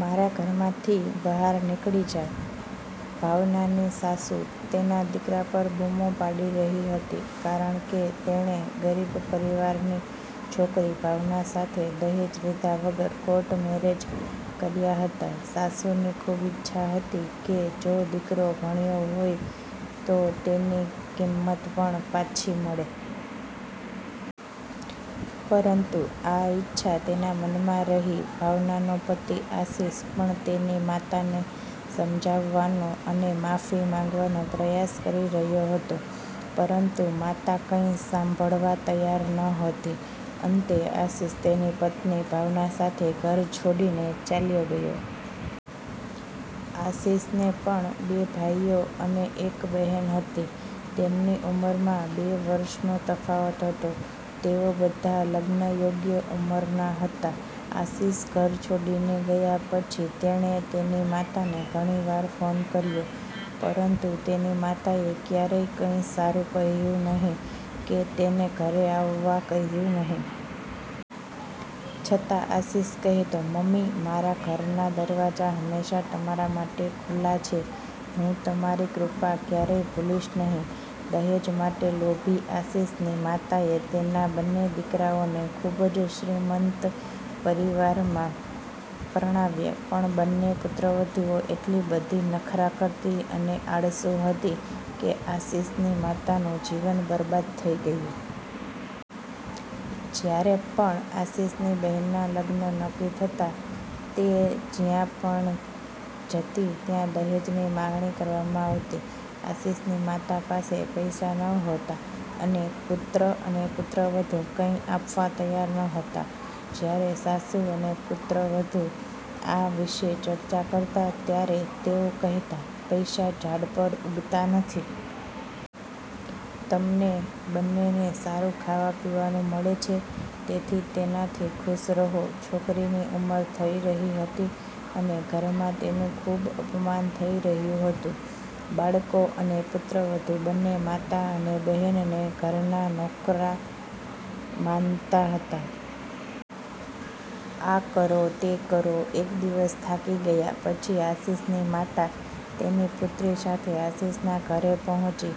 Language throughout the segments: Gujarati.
મારા ઘરમાંથી બહાર નિકળી જા, ભાવનાની સાસુ તેના દીકરા પર બૂમો પાડી રહી હતી કારણ કે તેણે ગરીબ પરિવારની છોકરી ભાવના સાથે દહેજ લીધા વિના કોર્ટ મેરેજ કર્યા હતા. સાસુની ખૂબ ઇચ્છા હતી કે જો દીકરો ભણ્યો હોય તો તેની કિંમત પણ પાછી મળે. પરંતુ આ ઇચ્છા તેના મનમાં રહી. ભાવનાનો પતિ આશિષ પણ તેની માતાને સમજાવવાનો અને માફી માંગવાનો પ્રયાસ કરી રહ્યો હતો, પરંતુ માતા કંઈ સાંભળવા તૈયાર નહોતી. અંતે, આશિષ તેની પત્ની ભાવના સાથે ઘર છોડીને ચાલ્યો ગયો. આશિષને પણ બે ભાઈઓ અને એક બહેન હતી. તેમની ઉંમરમાં બે વર્ષનો તફાવત હતો. તેઓ બધા લગ્નયોગ્ય ઉંમરના હતા. આશિષ ઘર છોડીને ગયા પછી, તેણે તેની માતાને ઘણી વાર ફોન કર્યો, પરંતુ તેની માતાએ ક્યારેય કંઈ સારું કહ્યું નહીં કે તેને ઘરે આવવા કહ્યું નહીં. છતાં, આશિષ કહેતો, મમ્મી, મારા ઘરના દરવાજા હંમેશા તમારા માટે ખુલ્લા છે. હું તમારી કૃપા ક્યારેય ભૂલીશ નહીં. દહેજ માટે લોભી આશિષની માતાએ તેના બંને દીકરાઓને ખૂબ જ શ્રીમંત પરિવારમાં પરણાવ્યા. પણ બંને પુત્રવધૂઓ એટલી બધી નખરાં કરતી અને આળસુ હતી કે આશિષની માતાનું જીવન બરબાદ થઈ ગયું. જ્યારે પણ આશિષની બહેનના લગ્ન નક્કી થતા, તે જ્યાં પણ જતી ત્યાં દહેજની માંગણી કરવામાં આવતી. આશિષની માતા પાસે પૈસા નહોતા, અને પુત્ર અને પુત્રવધૂ કંઈ આપવા તૈયાર નહોતા. જ્યારે સાસુ અને પુત્રવધૂ આ વિશે ચર્ચા કરતા, ત્યારે તેઓ કહેતા, પૈસા ઝાડ પર ઉગતા નથી. તમને બંનેને સારું ખાવા-પીવાનું મળે છે, તેથી તેનાથી ખુશ રહો! છોકરીની ઉમર થઈ રહી હતી અને ઘરમાં તેનું ખૂબ અપમાન થઈ રહ્યું હતું. બાળકો અને પુત્રવધૂ બંને માતા અને બહેનને ઘરના નોકરા માનતા હતા. આ કરો, તે કરો.. એક દિવસ, થાકી ગયા પછી, આશિષની માતા તેની પુત્રી સાથે આશિષના ઘરે પહોંચી.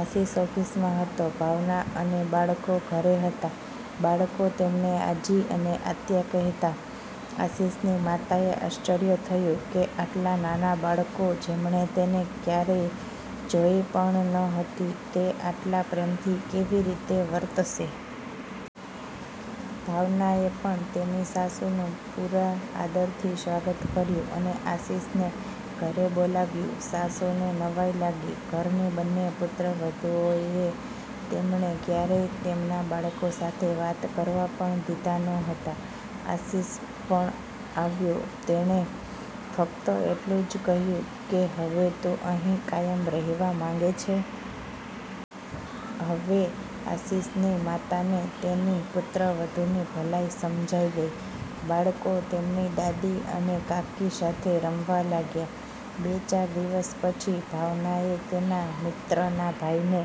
આશિષ ઓફિસમાં હતો. ભાવના અને બાળકો ઘરે હતા. બાળકો તેમને આજી અને આત્યા કહેતા. આશિષની માતાને આશ્ચર્ય થયું કે આટલા નાના બાળકો, જેમણે તેને ક્યારેય જોઈ પણ ન હતી, તે આટલા પ્રેમથી કેવી રીતે વર્તશે? ભાવનાએ પણ તેની સાસુનું પૂરા આદરથી સ્વાગત કર્યું અને આશિષને ઘરે બોલાવ્યું. સાસુને નવાઈ લાગી; ઘરની બંને પુત્રવધૂઓએ તેમને ક્યારેય તેમના બાળકો સાથે વાત કરવા પણ દીધા ન હતા. આશિષ પણ આવ્યો. તેણે ફક્ત એટલું જ કહ્યું કે હવે તું અહીં કાયમ રહેવા માંગે છે. હવે આશિષની માતાને તેની પુત્રવધૂની ભલાઈ સમજાઈ ગઈ. બાળકો તેમની દાદી અને કાકી સાથે રમવા લાગ્યા. બે-ચાર દિવસ પછી, ભાવનાએ તેના મિત્રના ભાઈને